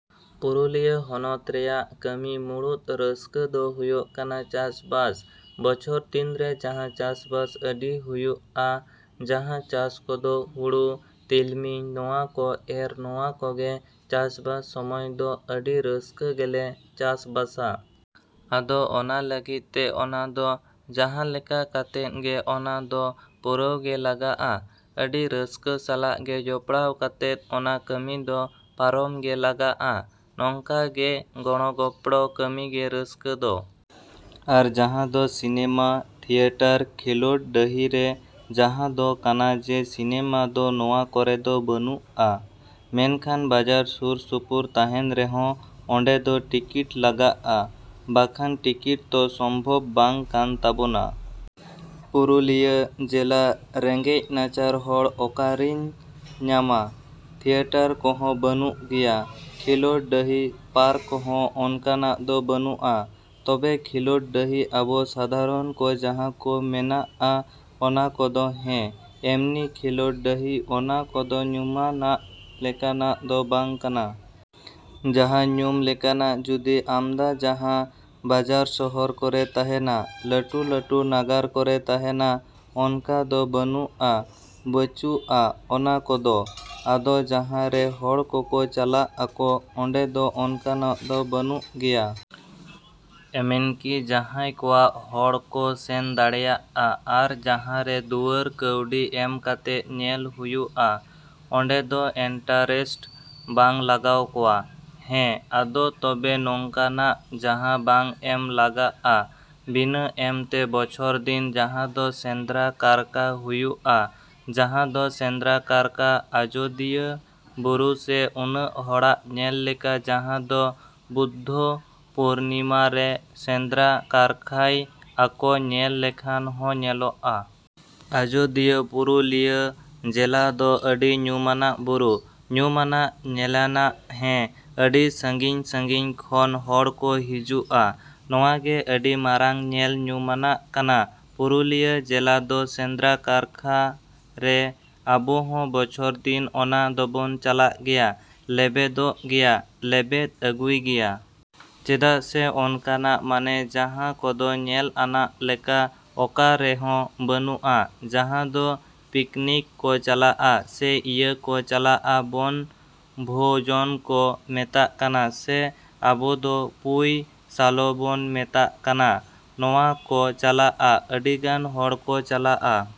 ᱯᱩᱨᱩᱞᱤᱭᱟᱹ ᱦᱚᱱᱚᱛ ᱨᱮᱭᱟᱜ ᱠᱟᱹᱢᱤ ᱢᱩᱬᱩᱫ ᱨᱟᱹᱥᱠᱟᱹ ᱫᱚ ᱦᱩᱭᱩᱜ ᱠᱟᱱᱟ ᱪᱟᱥᱵᱟᱥ᱾ ᱵᱚᱪᱷᱚᱨ ᱫᱤᱱ ᱨᱮ ᱡᱟᱦᱟᱸ ᱪᱟᱥᱵᱟᱥ ᱟᱹᱰᱤ ᱦᱩᱭᱩᱜ-ᱟ, ᱡᱟᱦᱟᱸ ᱪᱟᱥ ᱠᱚᱫᱚ ᱦᱩᱲᱩ, ᱛᱤᱞᱢᱤᱧ ᱱᱚᱣᱟ ᱠᱚ ᱮᱨ ᱱᱚᱣᱟ ᱠᱚᱜᱮ ᱪᱟᱥᱵᱟᱥ ᱥᱚᱢᱚᱭ ᱫᱚ ᱟᱹᱰᱤ ᱨᱟᱹᱥᱠᱟᱹ ᱜᱮᱞᱮ ᱪᱟᱥᱵᱟᱥᱟ᱾ ᱟᱫᱚ ᱚᱱᱟ ᱞᱟᱹᱜᱤᱫ ᱛᱮ ᱚᱱᱟ ᱫᱚ ᱡᱟᱦᱟᱸ ᱞᱮᱠᱟ ᱠᱟᱛᱮᱫ ᱜᱮ ᱚᱱᱟ ᱫᱚ ᱯᱩᱨᱟᱹᱣ ᱜᱮ ᱞᱟᱜᱟᱜ-ᱟ᱾ ᱟᱹᱰᱤ ᱨᱟᱹᱥᱠᱟᱹ ᱥᱟᱞᱟᱜ ᱜᱮ ᱡᱚᱯᱲᱟᱣ ᱠᱟᱛᱮᱫ ᱚᱱᱟ ᱠᱟᱹᱢᱤ ᱫᱚ ᱯᱟᱨᱚᱢ ᱜᱮ ᱞᱟᱜᱟᱜ-ᱟ᱾ ᱱᱚᱝᱠᱟ ᱜᱮ ᱜᱚᱲᱚ ᱜᱚᱯᱲᱚ ᱠᱟᱹᱢᱤ ᱜᱮ ᱨᱟᱹᱥᱠᱟᱹ ᱫᱚ᱾ ᱟᱨ ᱡᱟᱦᱟᱸ ᱫᱚ ᱥᱤᱱᱮᱢᱟ, ᱛᱷᱤᱭᱮᱴᱟᱨ, ᱠᱷᱮᱞᱳᱰ ᱰᱟᱹᱦᱤ ᱨᱮ ᱡᱟᱦᱟᱸ ᱫᱚ ᱠᱟᱱᱟ ᱡᱮ ᱥᱤᱱᱮᱢᱟ ᱫᱚ ᱱᱚᱣᱟ ᱠᱚᱨᱮ ᱫᱚ ᱵᱟᱹᱱᱩᱜ-ᱟ᱾ ᱢᱮᱱᱠᱷᱟᱱ ᱵᱟᱡᱟᱨ ᱥᱩᱨ ᱥᱩᱯᱩᱨ ᱛᱟᱦᱮᱱ ᱨᱮᱦᱚᱸ ᱚᱸᱰᱮ ᱫᱚ ᱴᱤᱠᱤᱴ ᱞᱟᱜᱟᱜ-ᱟ᱾ ᱵᱟᱠᱷᱟᱱ ᱴᱤᱠᱤᱴ ᱛᱚ ᱥᱚᱢᱵᱷᱚᱵ ᱵᱟᱝ ᱠᱟᱱ ᱛᱟᱵᱳᱱᱟ᱾ ᱯᱩᱨᱩᱞᱤᱭᱟᱹ ᱡᱮᱞᱟ ᱨᱮᱸᱜᱮᱡᱽ ᱱᱟᱪᱟᱨ ᱦᱚᱲ ᱚᱠᱟᱨᱤᱧ ᱧᱟᱢᱟ? ᱛᱷᱤᱭᱮᱴᱟᱨ ᱠᱚᱦᱚᱸ ᱵᱟᱹᱱᱩᱜ ᱜᱮᱭᱟ, ᱠᱷᱮᱞᱳᱰ ᱰᱟᱹᱦᱤ, ᱯᱟᱨᱠ ᱦᱚᱸ ᱚᱱᱠᱟᱱᱟᱜ ᱫᱚ ᱵᱟᱹᱱᱩᱜ-ᱟ᱾ ᱛᱚᱵᱮ ᱠᱷᱮᱞᱳᱰ ᱰᱟᱹᱦᱤ ᱟᱵᱚ ᱥᱟᱫᱷᱟᱨᱚᱱ ᱠᱚ ᱡᱟᱦᱟᱸ ᱠᱚ ᱢᱮᱱᱟᱜ-ᱟ ᱚᱱᱟ ᱠᱚᱫᱚ ᱦᱮᱸ, ᱮᱢᱱᱤ ᱠᱷᱮᱞᱳᱰ ᱰᱟᱹᱦᱤ ᱚᱱᱟ ᱠᱚᱫᱚ ᱧᱩᱢᱟᱱᱟᱜ ᱞᱮᱠᱟᱱᱟᱜ ᱫᱚ ᱵᱟᱝ ᱠᱟᱱᱟ᱾ ᱡᱟᱦᱟᱸ ᱧᱩᱢ ᱞᱮᱠᱟᱱᱟᱜ ᱡᱩᱫᱤ ᱟᱢᱫᱟ ᱡᱟᱦᱟᱸ ᱵᱟᱡᱟᱨ ᱥᱚᱦᱚᱨ ᱠᱚᱨᱮ ᱛᱟᱦᱮᱱᱟ, ᱞᱟᱹᱴᱩ ᱞᱟᱹᱴᱩ ᱱᱟᱜᱟᱨ ᱠᱚᱨᱮ ᱛᱟᱦᱮᱱᱟ ᱚᱱᱠᱟ ᱫᱚ ᱵᱟᱹᱱᱩᱜ-ᱟ, ᱵᱟᱹᱪᱩᱜ-ᱟ ᱚᱱᱟ ᱠᱚᱫᱚ, ᱟᱫᱚ ᱡᱟᱦᱟᱸ ᱨᱮ ᱦᱚᱲ ᱠᱚᱠᱚ ᱪᱟᱞᱟᱜ-ᱟᱠᱚ, ᱚᱸᱰᱮ ᱫᱚ ᱚᱱᱠᱟᱱᱟᱜ ᱫᱚ ᱵᱟᱹᱱᱩᱜ ᱜᱮᱭᱟ᱾ ᱮᱢᱱᱠᱤ ᱡᱟᱦᱟᱸᱭ ᱠᱚᱣᱟᱜ ᱦᱚᱲ ᱠᱚ ᱥᱮᱱ ᱫᱟᱲᱮᱭᱟᱜ-ᱟ ᱟᱨ ᱡᱟᱦᱟᱸ ᱨᱮ ᱫᱩᱣᱟᱹᱨ ᱠᱟᱹᱣᱰᱤ ᱮᱢ ᱠᱟᱛᱮᱫ ᱧᱮᱞ ᱦᱩᱭᱩᱜ-ᱟ ᱚᱸᱰᱮ ᱫᱚ ᱤᱱᱴᱟᱨᱮᱥᱴ ᱵᱟᱝ ᱞᱟᱜᱟᱣ ᱠᱚᱣᱟ᱾ ᱦᱮᱸ, ᱟᱫᱚ ᱛᱚᱵᱮ ᱱᱚᱝᱠᱟᱱᱟᱜ ᱡᱟᱦᱟᱸ ᱵᱟᱝ ᱮᱢ ᱞᱟᱜᱟᱜ-ᱟ, ᱵᱤᱱᱟᱹ ᱮᱢ ᱛᱮ ᱵᱚᱪᱷᱚᱨ ᱫᱤᱱ ᱡᱟᱦᱟᱸ ᱫᱚ ᱥᱮᱸᱫᱽᱨᱟ ᱠᱟᱨᱠᱟ ᱦᱩᱭᱩᱜ-ᱟ, ᱡᱟᱦᱟᱸ ᱫᱚ ᱥᱮᱸᱫᱽᱨᱟ ᱠᱟᱨᱠᱟ ᱟᱡᱳᱫᱤᱭᱟᱹ ᱵᱩᱨᱩ ᱡᱮ ᱩᱱᱟᱹᱜ ᱦᱚᱲᱟᱜ ᱧᱮᱞ ᱞᱮᱠᱟ ᱡᱟᱦᱟᱸ ᱫᱚ ᱵᱩᱫᱽᱫᱷᱚ ᱯᱩᱨᱱᱤᱢᱟ ᱨᱮ ᱥᱮᱸᱫᱽᱨᱟ ᱠᱟᱨᱠᱷᱟᱭ ᱟᱠᱚ ᱧᱮᱞ ᱞᱮᱠᱷᱟᱱ ᱦᱚᱸ ᱧᱮᱞᱚᱜ-ᱟ᱾ ᱟᱡᱳᱫᱤᱭᱟᱹ ᱯᱩᱨᱩᱞᱤᱭᱟᱹ ᱡᱮᱞᱟ ᱫᱚ ᱟᱹᱰᱤ ᱧᱩᱢᱟᱱᱟᱜ ᱵᱩᱨᱩ, ᱧᱩᱢᱟᱱᱟᱜ ᱧᱮᱞᱟᱱᱟᱜ ᱦᱮᱸ, ᱟᱹᱰᱤ ᱥᱟᱺᱜᱤᱧ ᱥᱟᱺᱜᱤᱧ ᱠᱷᱚᱱ ᱦᱚᱲ ᱠᱚ ᱦᱤᱡᱩᱜ-ᱟ᱾ ᱱᱚᱣᱟ ᱜᱮ ᱟᱹᱰᱤ ᱢᱟᱨᱟᱝ ᱧᱮᱞ ᱧᱩᱢᱟᱱᱟᱜ ᱠᱟᱱᱟ ᱯᱩᱨᱩᱞᱤᱭᱟᱹ ᱡᱮᱞᱟ ᱫᱚ ᱥᱮᱸᱫᱽᱨᱟ ᱠᱟᱨᱠᱷᱟ ᱨᱮ᱾ ᱟᱵᱚ ᱦᱚᱸ ᱵᱚᱪᱷᱚᱨ ᱫᱤᱱ ᱚᱱᱟ ᱫᱚᱵᱚᱱ ᱪᱟᱞᱟᱜ ᱜᱮᱭᱟ, ᱞᱮᱵᱮᱫᱚᱜ ᱜᱮᱭᱟ, ᱞᱮᱵᱮᱫ ᱟᱹᱜᱩᱭ ᱜᱮᱭᱟ᱾ ᱪᱮᱫᱟᱜ ᱥᱮ ᱚᱱᱠᱟᱱᱟᱜ ᱢᱟᱱᱮ ᱡᱟᱦᱟᱸ ᱠᱚᱫᱚ ᱧᱮᱞ ᱟᱱᱟᱜ ᱞᱮᱠᱟ ᱚᱠᱟ ᱨᱮᱦᱚᱸ ᱵᱟᱹᱱᱩᱜ-ᱟ᱾ ᱡᱟᱦᱟᱸ ᱫᱚ ᱯᱤᱠᱱᱤᱠ ᱠᱚ ᱪᱟᱞᱟᱜ-ᱟ ᱥᱮ ᱤᱭᱟᱹ ᱠᱚ ᱪᱟᱞᱟᱜ-ᱟ ᱵᱚᱱ ᱵᱷᱳᱡᱚᱱ ᱠᱚ ᱢᱮᱛᱟᱜ ᱠᱟᱱᱟ ᱥᱮ ᱟᱵᱚ ᱫᱚ ᱯᱩᱭ ᱥᱟᱞᱚᱵᱚᱱ ᱢᱮᱛᱟᱜ ᱠᱟᱱᱟ ᱱᱚᱣᱟ ᱠᱚ ᱪᱟᱞᱟᱜ-ᱟ᱾ ᱟᱹᱰᱤ ᱜᱟᱱ ᱦᱚᱲ ᱠᱚ ᱪᱟᱞᱟᱜ-ᱟ᱾